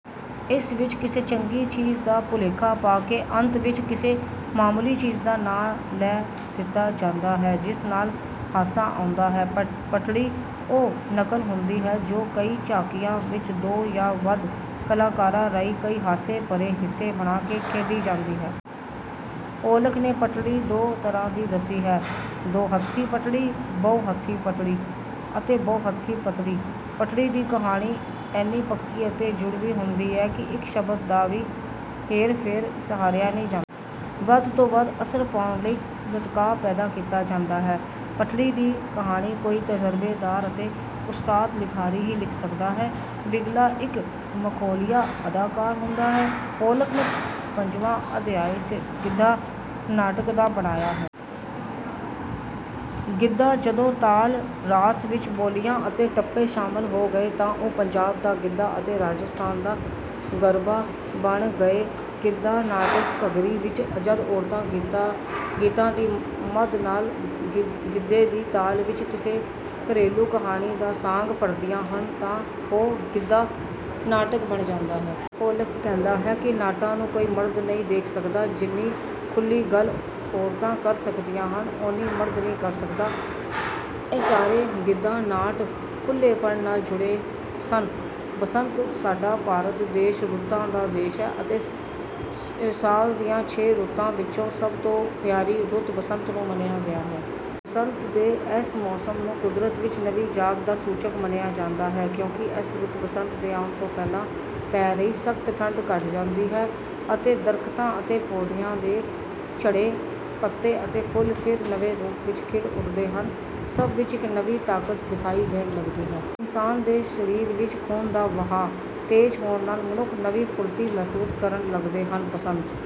ਇਸ ਵਿੱਚ ਕਿਸੇ ਚੰਗੀ ਚੀਜ਼ ਦਾ ਭੁਲੇਖਾ ਪਾ ਕੇ ਅੰਤ ਵਿੱਚ ਕਿਸੇ ਮਾਮੂਲੀ ਚੀਜ਼ ਦਾ ਨਾਂ ਲੈ ਦਿੱਤਾ ਜਾਂਦਾ ਹੈ, ਜਿਸ ਨਾਲ ਹਾਸਾ ਆਉਂਦਾ ਹੈ। ਪਟੜੀ ਉਹ ਨਕਲ ਹੁੰਦੀ ਹੈ ਜੋ ਕਈ ਝਾਕੀਆਂ ਵਿੱਚ ਦੋ ਜਾਂ ਵੱਧ ਕਲਾਕਾਰਾਂ ਰਾਹੀਂ ਕਈ ਹਾਸੇ ਭਰੇ ਹਿੱਸੇ ਬਣਾ ਕੇ ਖੇਡੀ ਜਾਂਦੀ ਹੈ। ਔਲਖ ਨੇ ਪਟੜੀ ਦੋ ਤਰ੍ਹਾਂ ਦੀ ਦੱਸੀ ਹੈ। ਦੋ ਹੱਥੀ ਪਟੜੀ ਅਤੇ ਬਹੁ ਹੱਥੀ ਪਟੜੀ। ਪਟੜੀ ਦੀ ਕਹਾਣੀ ਇੰਨੀ ਪੱਕੀ ਅਤੇ ਜੁੜਵੀਂ ਹੁੰਦੀ ਹੈ ਕਿ ਇੱਕ ਸ਼ਬਦ ਦਾ ਵੀ ਹੇਰ-ਫੇਰ ਸਹਾਰਿਆ ਨਹੀਂ ਜਾਂਦਾ। ਵੱਧ ਤੋਂ ਵੱਧ ਅਸਰ ਪਾਉਣ ਲਈ ਲਟਕਾਅ ਪੈਦਾ ਕੀਤਾ ਜਾਂਦਾ ਹੈ। ਪਟੜੀ ਦੀ ਕਹਾਣੀ ਕੋਈ ਤਜਰਬੇਕਾਰ ਅਤੇ ਉਸਤਾਦ ਲਿਖਾਰੀ ਹੀ ਲਿਖ ਸਕਦਾ ਹੈ। ਬਿਗਲਾ ਇੱਕ ਮਖੌਲੀਆ ਅਦਾਕਾਰ ਹੁੰਦਾ ਹੈ। ਔਲਖ ਨੇ ਪੰਜਵਾਂ ਅਧਿਆਇ ਗਿੱਧਾ ਨਾਟਕ ਦਾ ਬਣਾਇਆ ਹੈ। ਗਿੱਧਾ ਜਦੋਂ ਤਾਲ ਰਾਸ ਵਿੱਚ ਬੋਲੀਆਂ ਅਤੇ ਟੱਪੇ ਸ਼ਾਮਲ ਹੋ ਗਏ ਤਾਂ ਉਹ ਪੰਜਾਬ ਦਾ ਗਿੱਧਾ ਅਤੇ ਰਾਜਸਥਾਨ ਦਾ ਗਰਭਾ ਬਣ ਗਏ। ਗਿੱਧਾ ਨਾਟਕ ਘੱਗਰੀ ਵਿੱਚ ਜਦ ਔਰਤਾਂ ਗੀਤਾਂ ਦੀ ਮਦ ਨਾਲ ਗਿੱਧੇ ਦੀ ਤਾਲ ਵਿੱਚ ਕਿਸੇ ਘਰੇਲੂ ਕਹਾਣੀ ਦਾ ਸਾਂਗ ਭਰਦੀਆਂ ਹਨ ਤਾਂ ਉਹ ਗਿੱਧਾ ਨਾਟਕ ਬਣ ਜਾਂਦਾ ਹੈ। ਔਲਖ ਕਹਿੰਦਾ ਹੈ ਕਿ ਨਾਟਾਂ ਨੂੰ ਕੋਈ ਮਰਦ ਨਹੀਂ ਦੇਖ ਸਕਦਾ। ਜਿੰਨੀ ਖੁੱਲ੍ਹੀ ਗੱਲ ਔਰਤਾਂ ਕਰ ਸਕਦੀਆਂ ਹਨ, ਓਨੀ ਮਰਦ ਨਹੀਂ ਕਰ ਸਕਦਾ। ਇਹ ਸਾਰੇ ਗਿੱਧਾ ਨਾਟ ਖੁੱਲ੍ਹੇਪਨ ਨਾਲ ਜੁੜੇ ਸਨ। ਬਸੰਤ ਸਾਡਾ ਭਾਰਤ ਦੇਸ਼ ਰੁੱਤਾਂ ਦਾ ਦੇਸ਼ ਹੈ ਅਤੇ ਸਾਲ ਦੀਆਂ ਛੇ ਰੁੱਤਾਂ ਵਿੱਚੋਂ ਸਭ ਤੋਂ ਪਿਆਰੀ ਰੁੱਤ ਬਸੰਤ ਨੂੰ ਮੰਨਿਆ ਗਿਆ ਹੈ। ਬਸੰਤ ਦੇ ਇਸ ਮੌਸਮ ਨੂੰ ਕੁਦਰਤ ਵਿੱਚ ਨਵੀਂ ਜਾਗ ਦਾ ਸੂਚਕ ਮੰਨਿਆ ਜਾਂਦਾ ਹੈ ਕਿਉਂਕਿ ਇਸ ਰੁੱਤ ਬਸੰਤ ਦੇ ਆਉਣ ਤੋਂ ਪਹਿਲਾਂ ਪੈ ਰਹੀ ਸਖ਼ਤ ਠੰਢ ਘੱਟ ਜਾਂਦੀ ਹੈ ਅਤੇ ਦਰੱਖਤਾਂ ਅਤੇ ਪੌਦਿਆਂ ਦੇ ਝੜੇ ਪੱਤੇ ਅਤੇ ਫੁੱਲ ਫਿਰ ਨਵੇਂ ਰੂਪ ਵਿੱਚ ਖਿੜ ਉੱਠਦੇ ਹਨ ਅਤੇ ਸਭ ਵਿੱਚ ਇੱਕ ਨਵੀਂ ਤਾਕਤ ਦਿਖਾਈ ਦੇਣ ਲੱਗਦੀ ਹੈ। ਇਨਸਾਨ ਦੇ ਸਰੀਰ ਵਿੱਚ ਖੂਨ ਦਾ ਵਹਾਅ ਤੇਜ਼ ਹੋਣ ਨਾਲ ਮਨੁੱਖ ਨਵੀਂ ਫੁਰਤੀ ਮਹਿਸੂਸ ਕਰਨ ਲੱਗਦੇ ਹਨ। ਬਸੰਤ